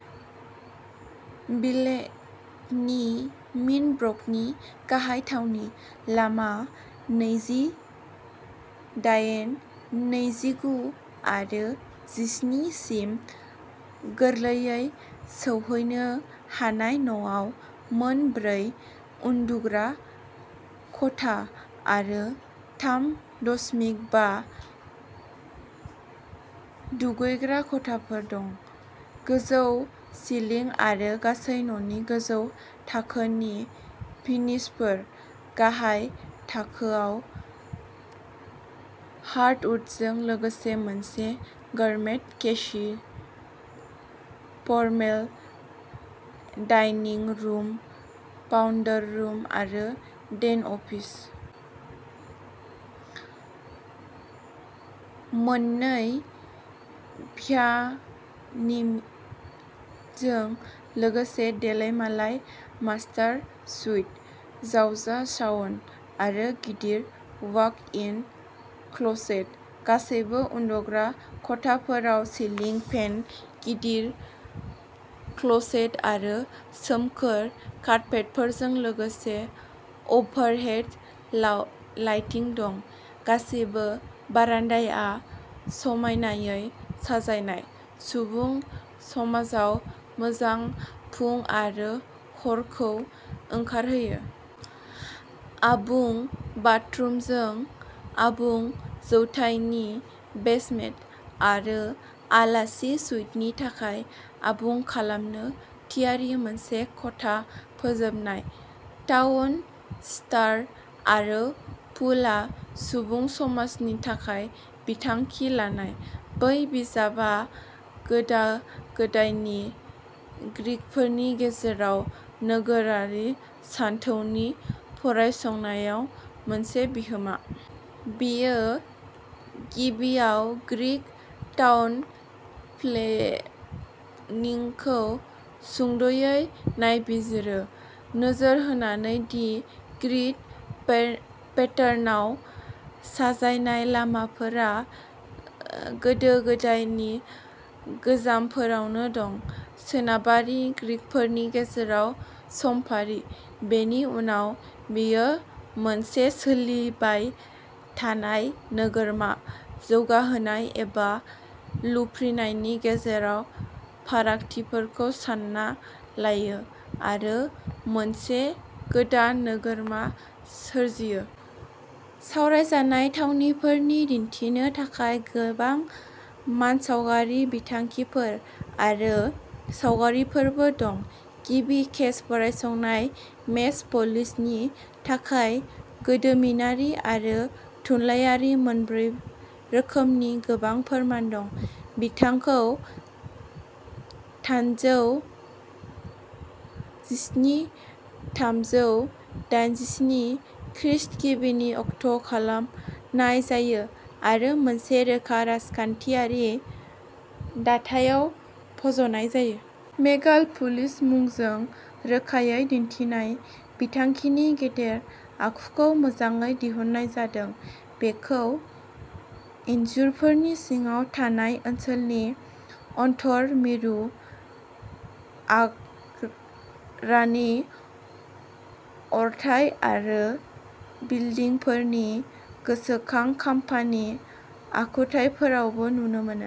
बिलेनि मिन्टब्रुकनि गाहाय थावनि। लामा नैजिदायेन, नैजिगु, आरो जिस्नि सिम गोरलैयै सौहैनो हानाय न'आव मोन ब्रै उन्दुग्रा खथा आरो थाम दशमिक बा दुगैग्रा खथाफोर दं। गोजौ सिलिं आरो गासै न'नि गोजौ थाखोनि फिनिशफोर। गाहाय थाखोआव हार्डवुडजों लोगोसे मोनसे gourmet kitchen, formal dining room, powder room आरो डेन अफिस। मोननै भ्यानिटजों लोगोसे देलायमालाय मास्टार सुइट, जावजा शावन, आरो गिदिर वाक-इन क्लोसेट। गासैबो उन्दुग्रा खथाफोराव सिलिं फेन, गिदिर क्लोसेट आरो सोमखोर कार्पेटफोरजों लोगोसे अभारहेड लाउ-लाइटिं दं। गासैबो बारान्दाआ समायनायै साजायनाय सुबुं समाजाव मोजां फुं आरो हरखौ ओंखारहोयो। आबुं बाथरुमजों आबुं जौथायनि बेसमेट आरो आलासि सुइटनि थाखाय आबुं खालामनो थियारि मोनसे खथा फोजोबनाय। टाउन सिटार आरो पुलआ सुबुं समाजनि थाखाय बिथांखि लानाय। बे बिजाबआ गोदो-गोदायनि ग्रीकफोरनि गेजेराव नोगोरारि सानथौनि फरायसंनायाव मोनसे बिहोमा। बेयो गिबियाव ग्रीक टाउन-प्लेनिंखौ सुंद'यै नायबिजिरो, नोजोर होनानै दि ग्रिड पे-पेटार्नाव साजायनाय लामाफोरा गोदो-गोदायनि गोजामफोरावनो दं। सोनाबारि ग्रीकफोरनि गेजेराव समफारि। बेनि उनाव बेयो मोनसे सोलिबाय थानाय नोगोरमा जौगाहोनाय एबा लुफिनायनि गेजेराव फारागथिफोरखौ सान्ना लायो आरो मोनसे गोदान नोगोरमा सोरजियो। सावरायजानाय थावनिफोरनि दिन्थिनो थाखाय गोबां मानसावगारि, बिथांखिफोर आरो सावगारिफोरबो दं। गिबि केस फरायसंनाय, मेस पलिसनि थाखाय, गोदोमिनारि आरो थुनलायारि मोनब्रै रोखोमनि गोबां फोरमान दं। बिथांखौ थानजौ स्नि थामजौ दाइजिस्नि खृष्टगिबिनि अक्ट'खालामनाय जायो आरो मोनसे रोखा राजखान्थियारि दाथायाव फज'नाय जायो। मेगाल पलिस मुंजों रोखायै दिन्थिनाय बिथांखिनि गेदेर आखुखौ मोजाङै दिहुननाय जादों। बेखौ इनजुरफोरनि सिङाव थानाय ओनसोलनि अनथाइ, मिरु आग'रानि अरथर, आरो बिल्डिंफोरनि गोसोखां खाम्फानि आखुथायफोरावबो नुनो मोनो।